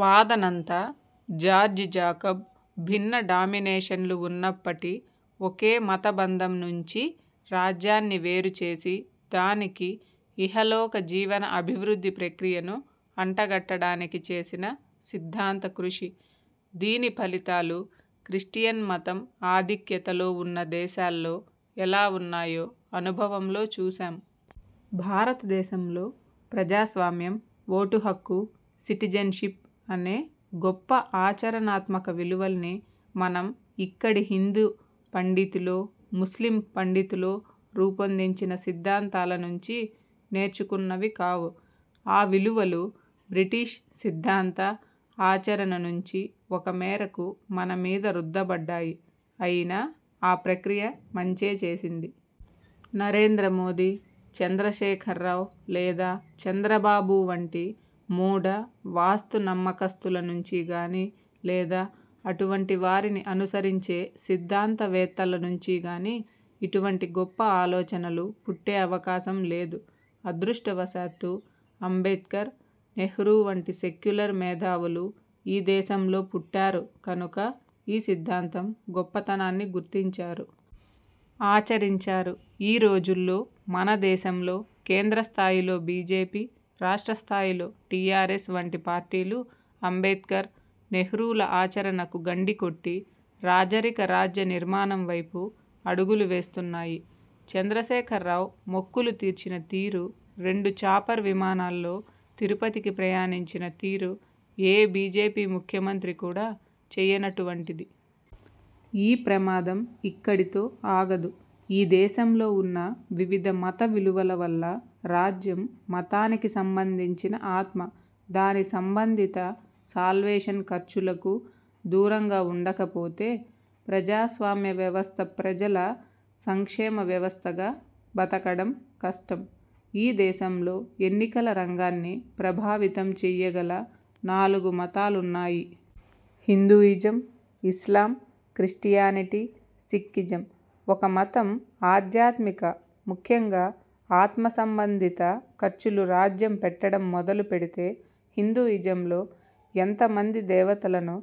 వాదనంతా George Jacob భిన్న డినామినేషన్లు ఉన్నప్పటి ఒకే మత బంధం నుంచి రాజ్యాన్ని వేరు చేసి దానికి ఇహలోక జీవన అభివృద్ధి ప్రక్రియను అంటగట్టడానికి చేసిన సిద్ధాంత కృషి. దీని ఫలితాలు క్రిస్టియన్ మతం ఆధిక్యతలో ఉన్న దేశాల్లో ఎలా ఉన్నాయో అనుభవంలో చూశాం. భారతదేశంలో ప్రజాస్వామ్యం, ఓటుహక్కు, సిటిజెన్షిప్ అనే గొప్ప ఆచరణాత్మక విలువల్ని మనం ఇక్కడి హిందూ పండితులో, ముస్లిం పండితులో రూపొందించిన సిద్ధాంతాల నుంచి నేర్చుకున్నవి కావు. ఆ విలువలు బ్రిటిష్ సిద్ధాంత, ఆచరణ నుంచి ఒక మేరకు మన మీద రుద్దబడ్డాయి. ఐనా ఆ ప్రక్రియ మంచే చేసింది. నరేంద్ర మోదీ, చంద్రశేఖర్ రావు లేదా చంద్రబాబు వంటి మూఢ, వాస్తు నమ్మకస్తుల నుంచి గానీ, లేదా అటువంటి వారిని అనుసరించే సిద్ధాంతవేత్తల నుంచి గానీ ఇటువంటి గొప్ప ఆలోచనలు పుట్టే అవకాశం లేదు. అదృష్టవశాత్తు అంబేడ్కర్, నెహ్రూ వంటి సెక్యులర్ మేధావులు ఈ దేశంలో పుట్టారు కనుక ఈ సిద్ధాంతం గొప్పతనాన్ని గుర్తించారు. ఆచరించారు. ఈ రోజుల్లో మన దేశంలో కేంద్ర స్థాయిలో బీజేపీ రాష్ట్ర స్థాయిలో టీఆర్ఎస్ వంటి పార్టీలు అంబేడ్కర్, నెహ్రూల ఆచరణకు గండికొట్టి రాజరిక రాజ్య నిర్మాణం వైపు అడుగులు వేస్తున్నాయి. చంద్రశేఖర్ రావు మొక్కులు తీర్చిన తీరు, రెండు చాపర్ విమానాల్లో తిరుపతికి ప్రయాణించిన తీరు, ఏ బీజేపీ ముఖ్యమంత్రి కూడా చెయ్యనటువంటిది. ఈ ప్రమాదం ఇక్కడితో ఆగదు. ఈ దేశంలో ఉన్న వివిధ మత విలువల వల్ల రాజ్యం మతానికి సంబంధించిన ఆత్మ, దాని సంబంధిత సాల్వేషన్ ఖర్చులకు దూరంగా ఉండకపోతే ప్రజాస్వామ్య వ్యవస్థ ప్రజల సంక్షేమ వ్యవస్థగా బతకడం కష్టం. ఈ దేశంలో ఎన్నికల రంగాన్ని ప్రభావితం చెయ్యగల నాలుగు మతాలున్నాయి. హిందూయిజం, ఇస్లాం, క్రిస్టియానిటీ, సిక్కిజం. ఒక మతం ఆధ్యాత్మిక ముఖ్యంగా ఆత్మ సంబంధిత ఖర్చులు రాజ్యం పెట్టడం మొదలు పెడితే హిందూ ఇజంలో ఎంత మంది దేవతలను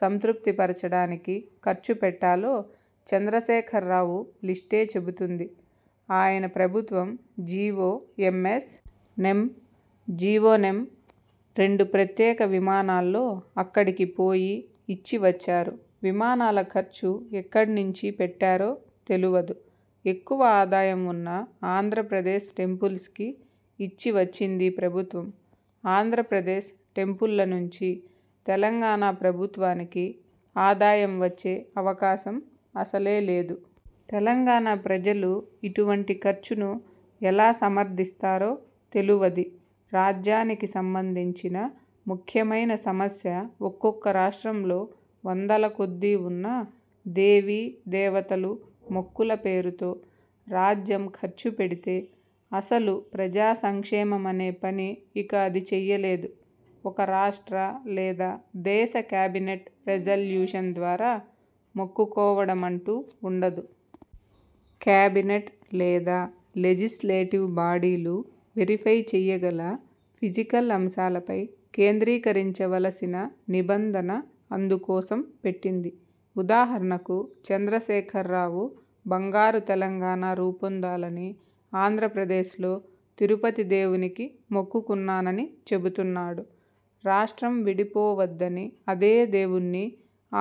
సంతృప్తి పర్చడానికి ఖర్చు పెట్టాలో చంద్రశేఖర్ రావు లిస్టే చెబుతుంది. ఆయన ప్రభుత్వం జీవో ఎం. ఎస్. నెం. జీవో నెం. రెండు ప్రత్యేక విమానాల్లో అక్క డికి పోయి ఇచ్చి వచ్చారు. విమానాల ఖర్చు ఎక్కడి నుంచి పెట్టారో తెలువదు. ఎక్కువ ఆదాయం ఉన్న ఆంధ్రప్రదేశ్ టెంపుల్స్ కి ఇచ్చి వచ్చిందీ ప్రభుత్వం. ఆంధ్రప్రదేశ్ టెంపుళ్ల నుంచి తెలంగాణ ప్రభుత్వానికి ఆదాయం వచ్చే అవకాశం అసలే లేదు. తెలంగాణ ప్రజలు ఇటువంటి ఖర్చును ఎలా సమర్థిస్తారో తెలువది. రాజ్యానికి సంబంధించిన ముఖ్యమైన సమస్య ఒక్కొక్క రాష్ట్రంలో వందల కొద్దీ ఉన్న దేవీదేవతలు మొక్కుల పేరుతో రాజ్యం ఖర్చుపెడితే అసలు ప్రజా సంక్షేమమనే పని ఇక అది చెయ్యలేదు. ఒక రాష్ట్ర లేదా దేశ కేబినెట్ రెజల్యూషన్ ద్వారా మొక్కుకోవడమంటూ ఉండదు. కేబినెట్ లేదా లెజిస్లేటివ్ బాడీలు వెరిఫై చెయ్యగల ఫిజికల్ అంశాలపై కేంద్రీకరించవలసిన నిబంధన అందుకోసం పెట్టింది. ఉదాహరణకు చంద్రశేఖర్ రావు బంగారు తెలంగాణ రూపొందాలని ఆంధ్రప్రదేశ్లో తిరుపతి దేవునికి మొక్కుకున్నానని చెబుతున్నాడు. రాష్ట్రం విడిపోవద్దని అదే దేవుణ్ణి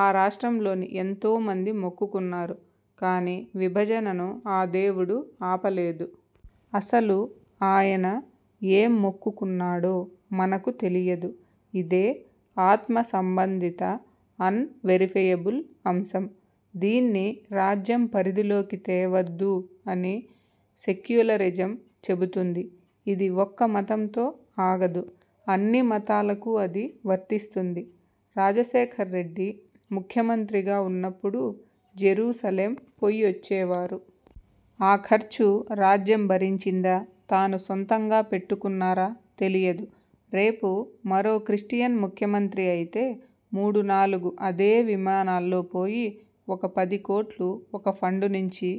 ఆ రాష్ట్రంలోని ఎంతోమంది మొక్కుకున్నారు. కానీ విభజనను ఆ దేవుడు ఆపలేదు. అసలు ఆయన ఏం మొక్కుకున్నాడో మనకు తెలియదు. ఇదే ఆత్మ సంబంధిత అన్వెరి ఫెయబుల్ అంశం. దీన్ని రాజ్యం పరిధిలోకి తేవద్దు అని సెక్యులరిజం చెబుతుంది. ఇది ఒక్క మతంతో ఆగదు. అన్ని మతాలకు అది వర్తిస్తుంది. రాజశేఖర్ రెడ్డి ముఖ్యమంత్రిగా ఉన్నప్పుడు జెరూసలేం పొయ్యొచ్చేవారు. ఆ ఖర్చు రాజ్యం భరించిందా తాను సొంతంగా పెట్టుకున్నారా తెలియదు. రేపు మరో క్రిస్టియన్ ముఖ్యమంత్రి అయితే మూడు నాలుగు అదే విమానాల్లో పోయి ఒక పదికోట్లు ఒక ఫండ్ నుంచి